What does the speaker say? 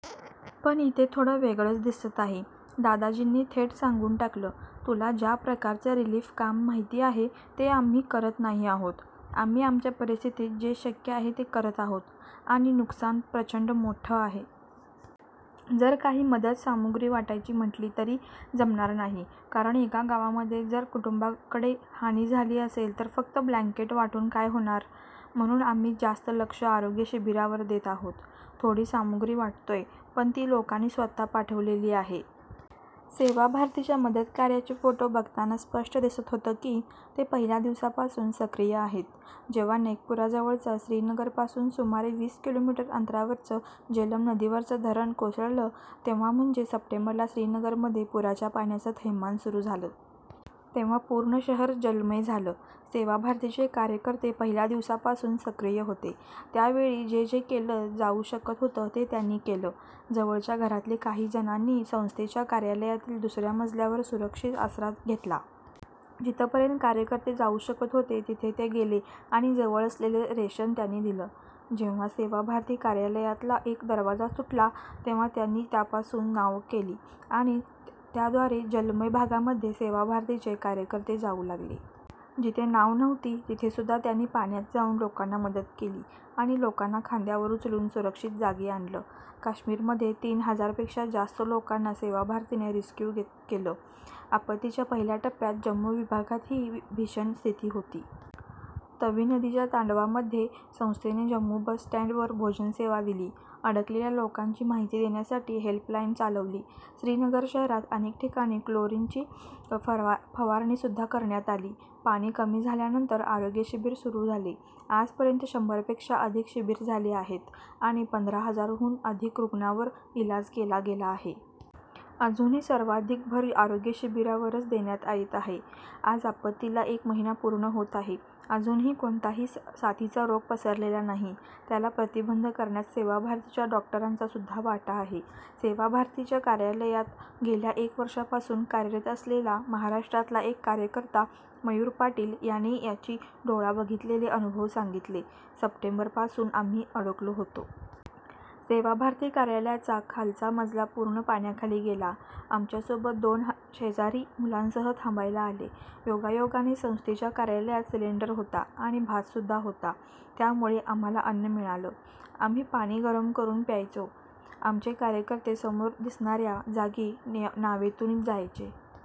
पण इथे थोडं वेगळंच दिसत आहे. दादाजींनी थेट सांगून टाकलं- 'तुला ज्या प्रकारचं रिलिफ काम माहिती आहे, ते आम्ही करत नाही आहोत. आम्ही आमच्या परिस्थितीत जे शक्य आहे, ते करत आहोत. आणि नुकसान प्रचंड मोठं आहे. जर काही मदत सामुग्री वाटायची म्हंटली तरी जमणार नाही. कारण एका गावामध्ये जर कुटुंबांकडे हानी झाली असेल तर फक्त ब्लँकेट वाटून काय होणार? म्हणून आम्ही जास्त लक्ष आरोग्य शिबिरांवर देत आहोत. थोडी सामुग्री वाटतोय, पण ती लोकांनी स्वत:च पाठवलेली आहे. 'सेवा भारतीच्या मदतकार्याचे फोटो बघताना स्पष्ट दिसत होतं की, ते पहिल्या दिवसापासून सक्रिय आहेत. जेव्हा नैकपूराजवळचं- श्रीनगरपासून सुमारे वीस किलोमीटर अंतरावरचं जेलम नदीवरचं धरण कोसळलं तेव्हा म्हणजे सप्टेंबरला श्रीनगरमध्ये पुराच्या पाण्याचं थैमान सुरू झालं. तेव्हा पूर्ण शहर जलमय झालं. सेवा भारतीचे कार्यकर्ते पहिल्या दिवसापासून सक्रिय होते. त्या वेळी जे जे केलं जाऊ शकत होतं ते त्यांनी केलं. जवळच्या घरातले काही जणांनी संस्थेच्या कार्यालयातील दुस-या मजल्यावर सुरक्षित आसरा घेतला. जिथपर्यंत कार्यकर्ते जाऊ शकत होते, तिथे ते गेले आणि जवळ असलेलं रेशन त्यांनी दिलं. जेव्हा सेवा भारती कार्यालयातला एक दरवाजा तुटला, तेव्हा त्यांनी त्यापासून नाव केली आणि त्याद्वारे जलमय भागांमध्ये सेवा भारतीचे कार्यकर्ते जाऊ लागले. जिथे नाव नव्हती, तिथेसुद्धा त्यांनी पाण्यात जाऊन लोकांना मदत केली आणि लोकांना खांद्यांवर उचलून सुरक्षित जागी आणलं. कश्मीरमध्ये तीन हजारपेक्षा जास्त लोकांना सेवा भारतीने रिस्क्यू केलं. आपत्तीच्या पहिल्या टप्प्यात जम्मू विभागातही भीषण स्थिती होती. तवी नदीच्या तांडवामध्ये संस्थेने जम्मू बस स्टँडवर भोजन सेवा दिली. अडकलेल्या लोकांची माहिती देण्यासाठी हेल्पलाईन चालवली. श्रीनगर शहरात अनेक ठिकाणी क्लोरिनची फवारणीसुद्धा करण्यात आली. पाणी कमी झाल्यानंतर आरोग्य शिबिर सुरू झाले. आजपर्यंत शंभरपेक्षा अधिक शिबिर झाले आहेत आणि पंधरा हजारांहून अधिक रुग्णांवर इलाज केला गेला आहे. अजूनही सर्वाधिक भर आरोग्य शिबिरांवरच देण्यात येत आहे. आज आपत्तीला एक महिना पूर्ण होत आहे. अजूनही कोणताही साथीचा रोग पसरलेला नाही. त्याला प्रतिबंध करण्यात सेवा भारतीच्या डॉक्टरांचासुद्धा वाटा आहे. सेवा भारतीच्या कार्यालयात गेल्या एक वर्षापासून कार्यरत असलेला महाराष्ट्रातला एक कार्यकर्ता- मयूर पाटील ह्याने ह्याची डोळा बघितलेले अनुभव सांगितले- " सप्टेंबरपासून आम्ही अडकलो होतो. सेवा भारती कार्यालयाचा खालचा मजला पूर्ण पाण्याखाली गेला. आमच्यासोबत दोन शेजारी मुलांसह थांबायला आले. योगायोगाने संस्थेच्या कार्यालयात सिलेंडर होता आणि भातसुद्धा होता. त्यामुळे आम्हाला अन्न मिळालं. आम्ही पाणी गरम करून प्यायचो. आमचे कार्यकर्ते समोर दिसणा-या जागी नावेतून जायचे.